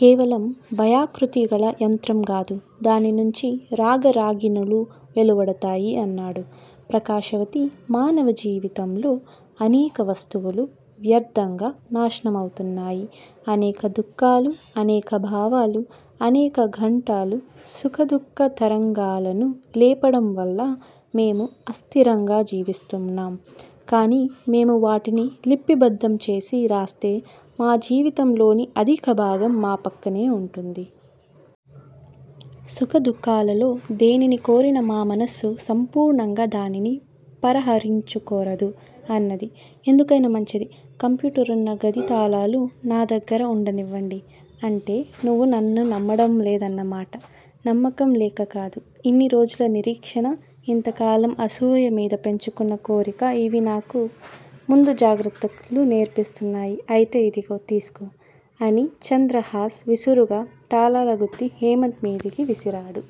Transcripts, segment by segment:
కేవలం భయకృతిగల యంత్రం గాదు. దాని నుంచి రాగ రాగిణులు వెలువడతాయి అన్నాడు. ప్రకాశవతి, మానవ జీవితంలో అనేక వస్తువులు వ్యర్దంగా నాశనమవుతున్నాయి. అనేక దుఃఖాలు, అనేక భావాలు, అనేక ఘంటాలు; సుఖ దుఃఖ తరంగాలను లేపడంవల్ల మేము అస్తిరంగా జీవిస్తున్నాం. కాని మేము వాటిని లిపిబద్దం చేసి రాస్తే మా జీవితంలోని అధిక భాగం మా పక్కనే వుంటుంది. సుఖ దుఃఖాలలో దేనిని కోరినా మా మనస్సు సంపూర్ణంగా దానిని పరహరించుకోరదు అన్నది. ఎందుకైనా మంచిది. కంప్యూటర్ వున్న గది తాళాలు నా దగ్గర ఉండనివ్వండి. అంటే నువ్వు నన్ను నమ్మడంలేదన్న మాట నమ్మకం లేకకాదు. ఇన్ని రోజుల నిరీక్షణ- ఇంతకాలం అసూయ మీద పెంచుకున్న కోరిక- ఇవి నాకు ముందు జాగ్రత్తలు నేర్పిస్తున్నాయి అయితే ఇదిగో తీసుకో అని చంద్రహాస్ విసురుగా తాళాలగుత్తి హేమంత్ మీదకి విసిరాడు.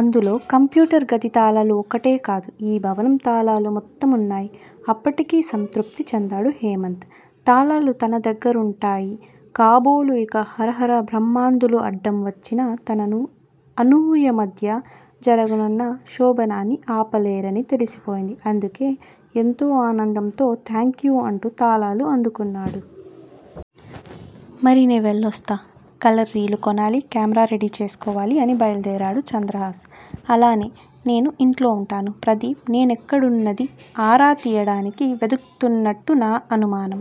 అందులో కంప్యూటర్ గది తాళాలు ఒక్కటే కాదు. ఈ భవనం తాళాలు మొత్తం వున్నాయి. అప్పటికి సంతృప్తి చెందాడు హేమంత్. తాళాలు తన దగ్గరుంటాయి కాబోలు ఇక హరహర బ్రహ్మాందులు అడ్డం వచ్చినా తననూ, అనూహ్య మధ్య జరగనున్న శోభనాన్ని ఆపలేరని తెలిసిపోయింది. అందుకే ఎంతో ఆనందంతో థాంక్యూ అంటూ తాళాలు అందుకున్నాడు. మరి నే వెళ్ళొస్తా- కలర్ రీలు కొనాలి. కెమెరా రెడీ చేసుకోవాలి అని బయల్దేరాడు చంద్రహాస్. అలానే, నేను ఇంట్లో వుంటాను. ప్రదీప్ నేనేక్కడున్నదీ ఆరా తీయడానికి వెదుకుతున్నట్టు నా అనుమానం.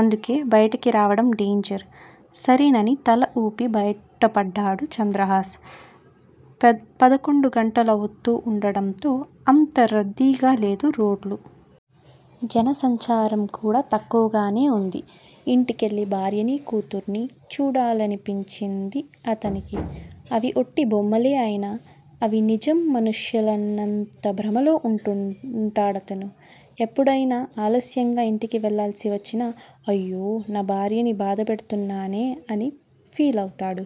అందుకే బయటికి రావడం డేంజర్. సరేనని తలవూపి బయటపడ్డాడు చంద్రహాస్. పదకొండు గంటలవుతూ వుండడంతో అంత రద్దీగా లేదు రోడ్లు. జనసంచారం కూడా తక్కువగానే వుంది. ఇంటికెళ్ళి భార్యనీ, కూతుర్నీ చూడాలనిపించింది అతనికి. అవి ఒట్టి బొమ్మలే అయినా అవి నిజం మనుష్యులన్నంత భ్రమలో వుంటాడతను. ఎప్పుడయినా ఆలస్యంగా ఇంటికి వెళ్ళాల్సి వచ్చినా 'అయ్యో నా భార్యని బాధపెడుతున్నానే' అని ఫీలవుతాడు.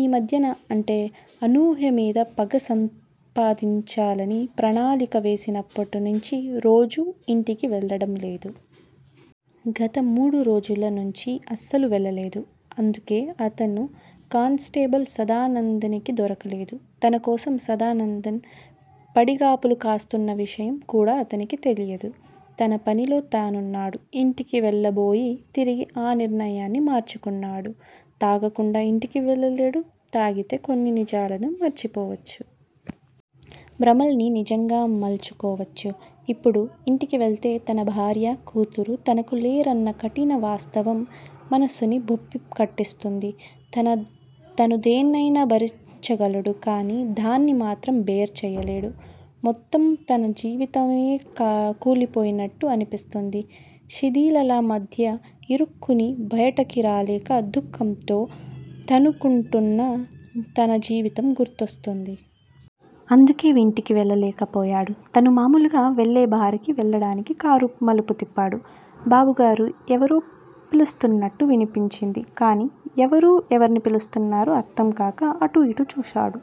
ఈ మధ్యన- అంటే అనూహ్య మీద పగ సపాధించాలని ప్రణాళిక వేసినప్పట్నుంచీ రోజూ ఇంటికి వెళ్ళడం లేదు. గత మూడురోజుల నుంచి అసలు వెళ్ళలేదు. అందుకే అతను కానిస్టేబుల్ సదానందునికి దొరకలేదు. తన కోసం సదానందం పడిగాపులు కాస్తున్న విషయం కూడా అతనికి తెలియదు. తన పనిలో తానున్నాడు. ఇంటికి వెళ్ళబోయి తిరిగి ఆ నిర్ణయాన్ని మార్చుకున్నాడు. తాగకుండా ఇంటికి వెళ్ళలేడు. తాగితే కొన్ని నిజాలను మరిచిపోవచ్చు. భ్రమల్ని నిజంగా మలుచుకోవచ్చు. ఇప్పుడు ఇంటికి వెళితే తన భార్యా, కూతురు తనకు లేరన్న కఠిన వాస్తవం మనసుని బొప్పి కట్టిస్తుంది. తను దేన్నయినా భరించగలడు కానీ దాన్ని మాత్రం బేర్ చేయలేడు. మొత్తం తన జీవితమే కూలిపోయినట్టు అనిపిస్తుంది. శిధిలాల మధ్య ఇరుక్కొని బయటికి రాలేక దుఃఖంతో తనుకుంటున్న తన జీవితం గుర్తుకొస్తుంది. అందుకే ఇంటికి వెళ్ళలేకపోయాడు. తను మామూలుగా వెళ్ళే బార్ కి వెళ్ళడానికి కారు మలుపు తిప్పాడు. బాబుగారూ ఎవరో పిలుస్తున్నట్టు వినిపించింది కానీ ఎవరు ఎవర్ని పిలుస్తున్నారో అర్థంకాక అటూ ఇటూ చూశాడు.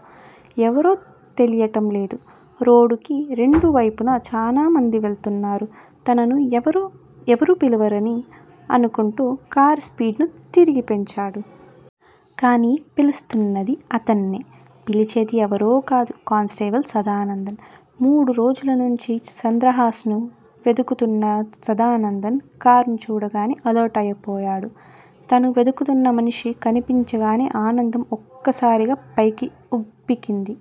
ఎవరో తెలియటం లేదు. రోడ్డుకి రెండువైపులా చానామందే వెళుతున్నారు. తనను ఎవరూ పిలవరని అనుకుంటూ కారు స్పీడ్ ను తిరిగి పెంచాడు. కానీ పిలుస్తున్న్దది అతన్నే. పిలిచేది ఎవరో కాదు- కానిస్టేబుల్ సదానందం. మూడురోజుల నుంచి చంద్రహాస్ ను వెదుకుతున్న సదానందం కారును చూడగానే అలర్ట్ అయిపోయాడు. తను వెదుకుతున్న మనిషి కనిపించగానే ఆనందం ఒక్కసారిగా పైకి ఉబికింది.